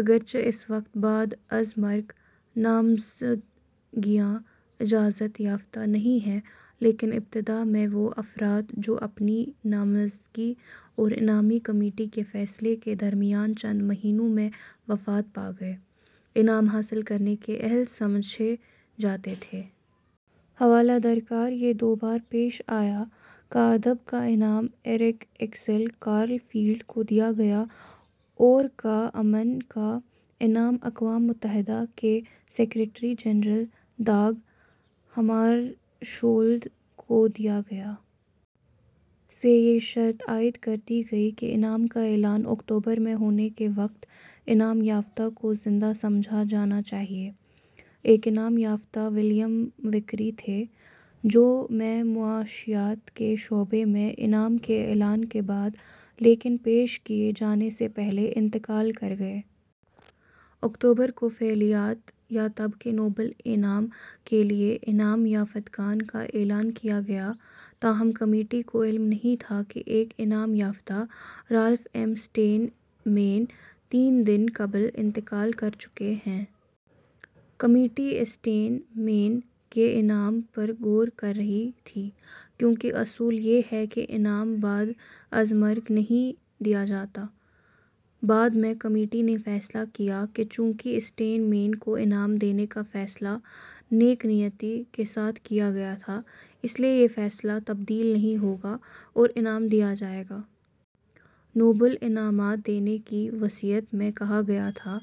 اگرچہ اس وقت بعد از مرگ نامزدگیاں اجازت یافتہ نہیں ہیں، لیکن ابتدا میں وہ افراد جو اپنی نامزدگی اور انعامی کمیٹی کے فیصلے کے درمیان چند مہینوں میں وفات پا گئے، انعام حاصل کرنے کے اہل سمجھے جاتے تھے۔ حوالہ درکار یہ دو بار پیش آیا: کا ادب کا انعام اریک ایکسل کارل فیلڈ کو دیا گیا اور کا امن کا انعام اقوام متحدہ کے سیکریٹری جنرل داگ ہمارشولد کو دیا گیا۔ سے یہ شرط عائد کر دی گئی کہ انعام کا اعلان اکتوبر میں ہونے کے وقت انعام یافتہ کو زندہ سمجھا جانا چاہیے۔ ایک انعام یافتہ ولیم وکری تھے، جو میں معاشیات کے شعبے میں انعام کے اعلان کے بعد لیکن پیش کیے جانے سے پہلے انتقال کر گئے۔ اکتوبر کو فعلیات یا طب کے نوبل انعام کے لیے انعام یافتگان کا اعلان کیا گیا؛ تاہم، کمیٹی کو علم نہیں تھا کہ ایک انعام یافتہ، رالف ایم سٹین مین ، تین دن قبل انتقال کر چکے ہیں۔ کمیٹی اسٹین مین کے انعام پر غور کر رہی تھی، کیوں کہ اصول یہ ہے کہ انعام بعد از مرگ نہیں دیا جاتا۔ بعد میں کمیٹی نے فیصلہ کیا کہ چونکہ اسٹین مین کو انعام دینے کا فیصلہ "نیک نیتی" کے ساتھ کیا گیا تھا، اس لیے یہ فیصلہ تبدیل نہیں ہوگا اور انعام دیا جائے گا۔ نوبل انعامات دینے کی وصیت میں کہا گیا تھا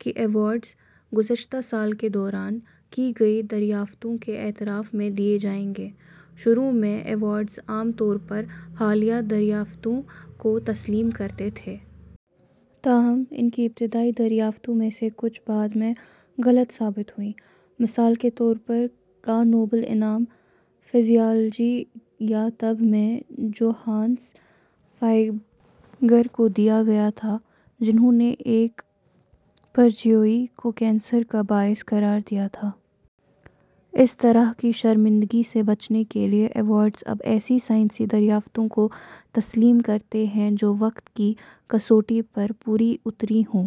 کہ ایوارڈز "گذشتہ سال کے دوران" کی گئی دریافتوں کے اعتراف میں دیے جائیں گے۔ شروع میں، ایوارڈز عام طور پر حالیہ دریافتوں کو تسلیم کرتے تھے۔ تاہم، ان ابتدائی دریافتوں میں سے کچھ بعد میں غلط ثابت ہوئیں۔ مثال کے طور پر، کا نوبل انعام فزیالوجی یا طب میں جوہانس فائبگر کو دیا گیا تھا، جنھوں نے ایک پرجیوی کو کینسر کا باعث قرار دیا تھا۔ اس طرح کی شرمندگی سے بچنے کے لیے، ایوارڈز اب ایسی سائنسی دریافتوں کو تسلیم کرتے ہیں جو وقت کی کسوٹی پر پوری اتری ہوں۔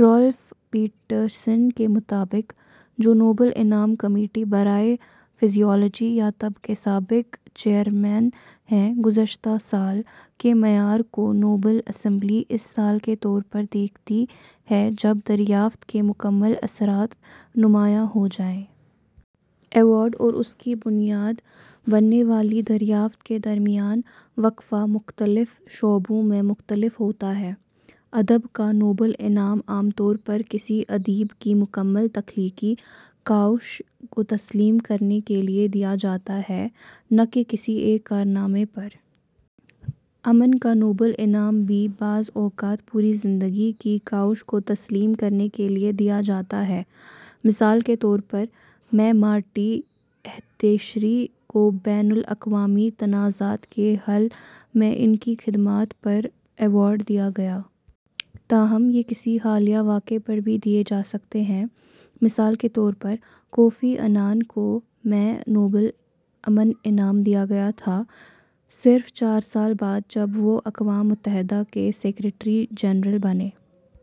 رالف پیٹرسن کے مطابق، جو نوبل انعام کمیٹی برائے فزیالوجی یا طب کے سابق چیئرمین ہیں، "گذشتہ سال" کے معیار کو نوبل اسمبلی اس سال کے طور پر دیکھتی ہے جب دریافت کے مکمل اثرات نمایاں ہو جائیں۔ ۔ ایوارڈ اور اس کی بنیاد بننے والی دریافت کے درمیان وقفہ مختلف شعبوں میں مختلف ہوتا ہے۔ ادب کا نوبل انعام عام طور پر کسی ادیب کی مکمل تخلیقی کاوش کو تسلیم کرنے کے لیے دیا جاتا ہے، نہ کہ کسی ایک کارنامے پر۔ امن کا نوبل انعام بھی بعض اوقات پوری زندگی کی کاوش کو تسلیم کرنے کے لیے دیا جاتا ہے۔ مثال کے طور پر، میں مارٹی اہتیشری کو بین الاقوامی تنازعات کے حل میں ان کی خدمات پر ایوارڈ دیا گیا۔ تاہم، یہ کسی حالیہ واقعے پر بھی دیے جا سکتے ہیں۔ مثال کے طور پر، کوفی عنان کو میں نوبل امن انعام دیا گیا تھا، صرف چار سال بعد جب وہ اقوام متحدہ کے سیکریٹری جنرل بنے۔